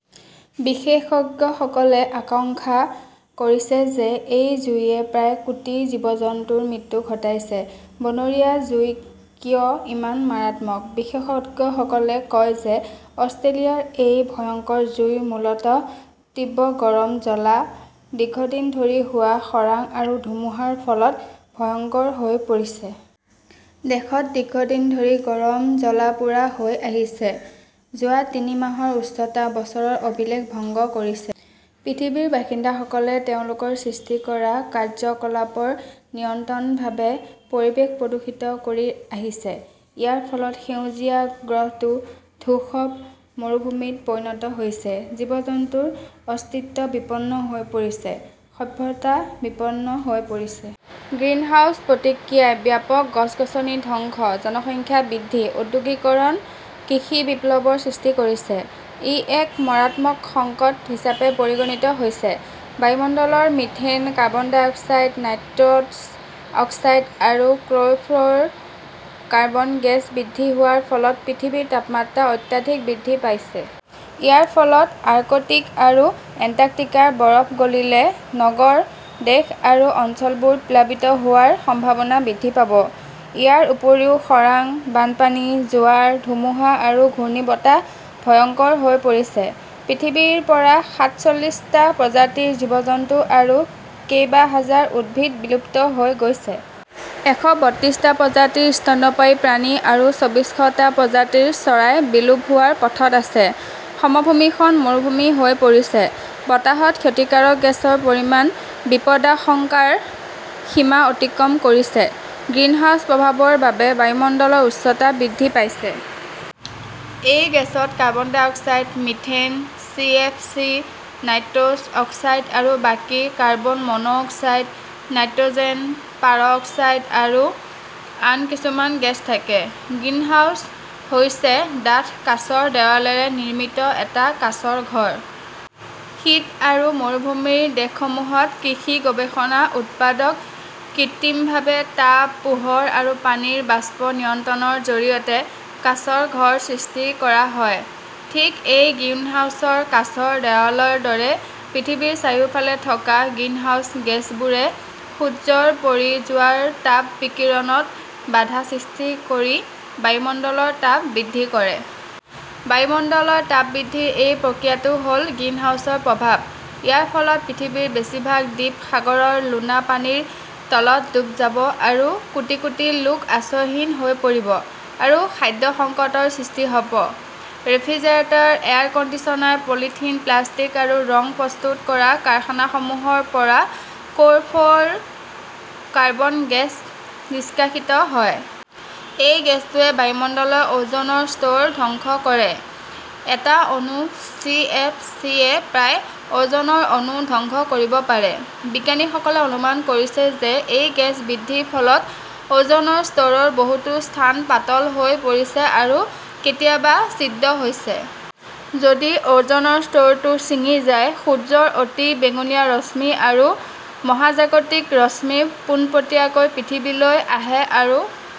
বিশেষজ্ঞসকলে আশংকা কৰিছে যে এই জুইয়ে প্ৰায় কোটি জীৱ-জন্তুৰ মৃত্যু ঘটাইছে। বনৰীয়া জুই কিয় ইমান মাৰাত্মক? বিশেষজ্ঞসকলে কয় যে অষ্ট্ৰেলিয়াৰ এই ভয়ংকৰ জুই মূলতঃ তীব্ৰ গৰম জ্বলা, দীৰ্ঘদিন ধৰি হোৱা খৰাং আৰু ধুমুহাৰ ফলত ভয়ংকৰ হৈ পৰিছে। দেশত দীৰ্ঘদিন ধৰি গৰম জ্বলা-পোৰা হৈ আহিছে। যোৱা তিনি মাহৰ উষ্ণতা বছৰৰ অভিলেখ ভংগ কৰিছে। পৃথিৱীৰ বাসিন্দাসকলে তেওঁলোকৰ সৃষ্টি কৰা কাৰ্যকলাপত নিৰন্তৰভাৱে পৰিৱেশ প্ৰদূষিত কৰি আহিছে। ইয়াৰ ফলত সেউজীয়া গ্ৰহটো ধূসৰ মৰুভূমিত পৰিণত হৈছে, জীৱ-জন্তুৰ অস্তিত্ব বিপন্ন হৈ পৰিছে, সভ্যতা বিপন্ন হৈ পৰিছে। গ্ৰীণহাউছ প্ৰতিক্ৰিয়াই ব্যাপক গছ-গছনি ধ্বংস, জনসংখ্যা বৃদ্ধি, ঔদ্যোগিকৰণ, কৃষি বিপ্লৱৰ সৃষ্টি কৰিছে। ই এক মাৰাত্মক সংকট হিচাপে পৰিগণিত হৈছে। বায়ুমণ্ডলৰ methane, carbon dioxide, nitrous oxide আৰু ক্ল'ৰ'ফ্ল'ৰ কাৰ্বন গেছ বৃদ্ধি হোৱাৰ ফলত পৃথিৱীৰ তাপমাত্ৰা অত্যাধিক বৃদ্ধি পাইছে। ইয়াৰ ফলত আৰ্কটিক আৰু এণ্টাৰ্কটিকাৰ বৰফ গলিলে নগৰ, দেশ আৰু অঞ্চলবোৰ প্লাবিত হোৱাৰ সম্ভাৱনা বৃদ্ধি পাব ।ইয়াৰ উপৰিও খৰাং, বানপানী, জোৱাৰ, ধুমুহা আৰু ঘূৰ্ণীবতাহ ভয়ংকৰ হৈ পৰিছে। পৃথিৱীৰ পৰা সাত চল্লিশ টা প্ৰজাতিৰ জীৱ-জন্তু আৰু কেইবা হাজাৰ উদ্ভিদ বিলুপ্ত হৈ গৈছে। এশ বত্ৰিশ টা প্ৰজাতিৰ স্তন্যপায়ী প্ৰাণী আৰু ছাব্বিশ টা প্ৰজাতিৰ চৰাই বিলুপ্ত হোৱাৰ পথত আছে। সমভূমিখন মৰুভূমি হৈ পৰিছে, বতাহত ক্ষতিকাৰক গেছৰ পৰিমাণ বিপদাশংকাৰ সীমা অতিক্ৰম কৰিছে। গ্ৰীণহাউছ প্ৰভাৱৰ বাবে বায়ুমণ্ডলৰ উষ্ণতা বৃদ্ধি পাইছে। এই গেছত carbon dioxide, methane, C. F. C., nitrous oxide আৰু বাকী carbon monoxide, nitrogen peroxide আৰু আন কিছুমান গেছ থাকে। গ্ৰীণহাউছ হৈছে ডাঠ কাঁচৰ দেৱালেৰে নিৰ্মিত এটা কাঁচৰ ঘৰ। শীত আৰু মৰুভূমিৰ দেশসমূহত কৃষি গৱেষণা উৎপাদন কৃত্ৰিমভাৱে তাপ, পোহৰ আৰু পানীৰ বাষ্প নিয়ন্ত্ৰণৰ জৰিয়তে কাঁচৰ ঘৰ সৃষ্টি কৰা হয়। ঠিক এই গ্ৰীণহাউছৰ কাঁচৰ দেৱালৰ দৰে পৃথিৱীৰ চাৰিওফালে থকা গ্ৰীণহাউছ গেছবোৰে সূৰ্যৰ পৰি যোৱা তাপ বিকিৰণত বাধা সৃষ্টি কৰি বায়ুমণ্ডলৰ তাপ বৃদ্ধি কৰে। বায়ুমণ্ডলৰ তাপ বৃদ্ধিৰ এই প্ৰক্ৰিয়াটো হ'ল গ্ৰীণহাউছৰ প্ৰভাৱ। ইয়াৰ ফলত পৃথিৱীৰ বেছিভাগ দ্বীপ সাগৰৰ লোণা পানীৰ তলত ডুব যাব আৰু কোটি কোটি লোক আশ্ৰয়হীন হৈ পৰিব আৰু খাদ্য সংকটৰ সৃষ্টি হ'ব। Refrigerator, air conditioner, polythene, plastic আৰু ৰং প্ৰস্তুত কৰা কাৰখানাসমূহৰ পৰা ক'ৰ'ফ'ৰ কাৰ্বন গেছ নিষ্কাশিত হয়। এই গেছটোৱে বায়ুমণ্ডলৰ ওজনৰ স্তৰ ধ্বংস কৰে। এটা অণু চি. এফ. চি. য়ে প্ৰায় ওজনৰ অণু ধ্বংস কৰিব পাৰে। বিজ্ঞানীসকলে অনুমান কৰিছে যে এই গেছ বৃদ্ধিৰ ফলত ওজনৰ স্তৰৰ বহুতো স্থান পাতল হৈ পৰিছে আৰু কেতিয়াবা ছিদ্ৰ হৈছে। যদি ওজনৰ স্তৰটো ছিঙি যায়, সূৰ্যৰ অতি বেঙুনীয়া ৰশ্মি আৰু মহাজাগতিক ৰশ্মি পোনপটীয়াকৈ পৃথিৱীলৈ আহে আৰু